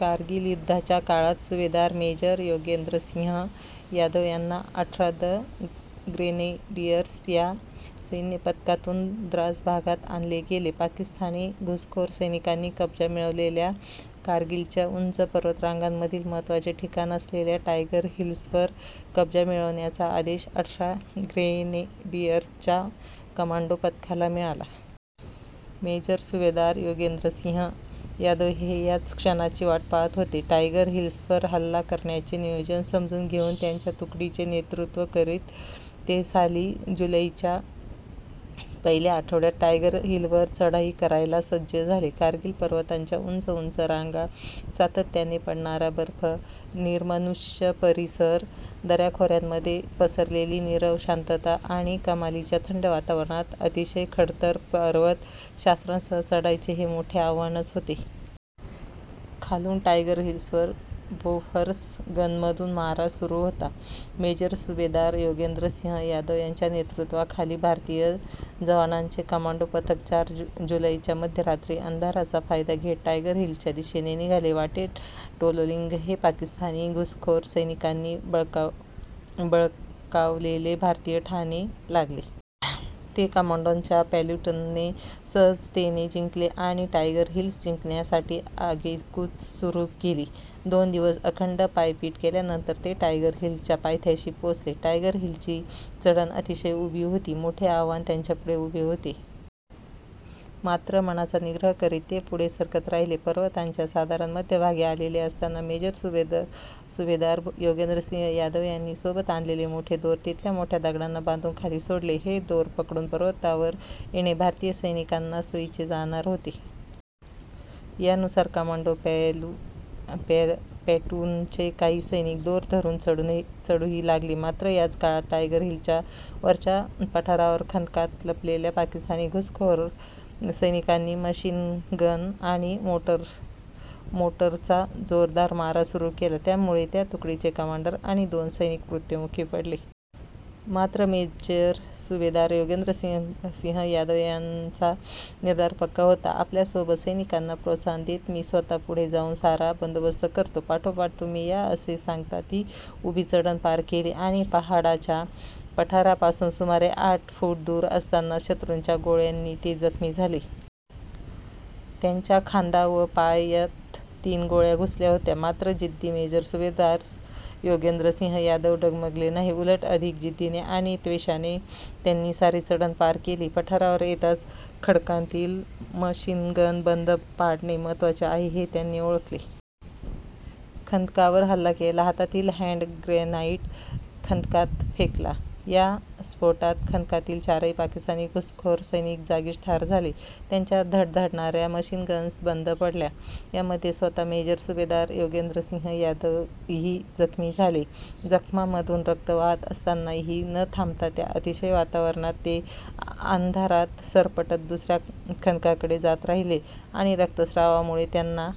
कारगिल युद्धाच्या काळात सुभेदार मेजर योगेंद्रसिंह यादव यांना अठरा द ग्रेनेडियर्स या सैन्यपथकातून द्रास भागात आणले गेले. पाकिस्तानी घुसखोर सैनिकांनी कब्जा मिळवलेल्या कारगिलच्या उंच पर्वतरांगांमधील महत्त्वाचे ठिकाण असलेल्या टायगर हिल्सवर कब्जा मिळवण्याचा आदेश अठरा ग्रेनेडियर्सच्या कमांडो पथकाला मिळाला. मेजर सुभेदार योगेंद्रसिंह यादव हे याच क्षणाची वाट पाहत होते. टायगर हिल्सवर हल्ला करण्याचे नियोजन समजून घेऊन त्यांच्या तुकडीचे नेतृत्व करीत ते साली जुलैच्या पहिल्या आठवड्यात टायगर हिलवर चढाई करायला सज्ज झाले. कारगिल पर्वतांच्या उंच उंच रांगा, सातत्याने पडणारा बर्फ, निर्मनुष्य परिसर, दऱ्याखोऱ्यांमध्ये पसरलेली नीरव शांतता आणि कमालीच्या थंड वातावरणात अतिशय खडतर पर्वत, शस्त्रांसह चढायचे हे मोठे आव्हानच होते. खालून टायगर हिल्सवर बोफोर्स गनमधून मारा सुरू होता. मेजर सुभेदार योगेंद्र सिंह यादव यांच्या नेतृत्वाखाली भारतीय जवानांचे कमांडो पथक चार जुलैच्या मध्यरात्री अंधाराचा फायदा घेत टायगर हिल्सच्या दिशेने निघाले. वाटेत टोलोलिंग हे पाकिस्तानी घुसखोर सैनिकांनी बळकावलेले भारतीय ठाणे लागले. ते कमांडोंच्या प्लॅटूनने सहजतेने जिंकले आणि टायगर हिल्स जिंकण्यासाठी आगेकूच सुरू केली. दोन दिवस अखंड पायपीट केल्यानंतर ते टायगर हिल्सच्या पायथ्याशी पोहोचले. टायगर हिल्सची चढण अतिशय उभी होती. मोठे आव्हान त्यांच्यापुढे उभे होते. मात्र मनाचा निग्रह करीत ते पुढे सरकत राहिले. पर्वताच्या साधारण मध्यभागी आले असताना मेजर सुभेदार योगेंद्रसिंह यादव यांनी सोबत आणलेले मोठे दोर तिथल्या मोठ्या दगडांना बांधून खाली सोडले. हे दोर पकडून पर्वतावर येणे भारतीय सैनिकांना सोयीचे जाणार होते. यानुसार कमांडो प्लॅटूनचे काही सैनिक दोर धरून चढूही लागले. मात्र याच काळात टायगर हिल्सच्या वरच्या पठारावर खंदकात लपलेल्या पाकिस्तानी घुसखोर सैनिकांनी मशीनगन आणि मॉर्टरचा जोरदार मारा सुरू केला. त्यामुळे या तुकडीचे कमांडर आणि दोन सैनिक मृत्युमुखी पडले. मात्र मेजर सुभेदार योगेंद्रसिंह यादव यांचा निर्धार पक्का होता. आपल्या सोबत सैनिकांना प्रोत्साहन देत, मी स्वतः पुढे जाऊन सारा बंदोबस्त करतो, पाठोपाठ तुम्ही या असे सांगत ती उभी चढण पार केली आणि पहाडाच्या पठारापासून सुमारे साठ फूट दूर असतानाच शत्रूंच्या गोळ्यांनी ते जखमी झाले. त्यांच्या खांदा व पायात तीन गोळ्या घुसल्या होत्या. मात्र जिद्दी मेजर सुभेदार योगेंद्रसिंह यादव डगमगले नाहीत. उलट अधिक जिद्दीने आणि त्वेषाने त्यांनी सारी चढण पार केली. पठारावर येतातच खंडकातील मशीनगन बंद पाडणे महत्त्वाचे आहे, हे त्यांनी ओळखले. खंदकावर हल्ला केला. हातातील हॅन्ड ग्रॅनाईट खंदकात फेकला. या स्फोटात खंदकातील चारही पाकिस्तानी घुसखोर सैनिक जागीच ठार झाले. त्यांच्या धडाडणाऱ्या मशीनगन्स बंद पडल्या. यामध्ये स्वतः मेजर सुभेदार योगेंद्रसिंह यादवही जखमी झाले. जखमांमधून रक्त वाहत असतानाही न थांबता त्या अतिथंड वातावरणात ते अंधारात सरपटत दुसऱ्या खंदकाकडे जात राहिले. अती रक्तस्त्रावामुळे त्यांना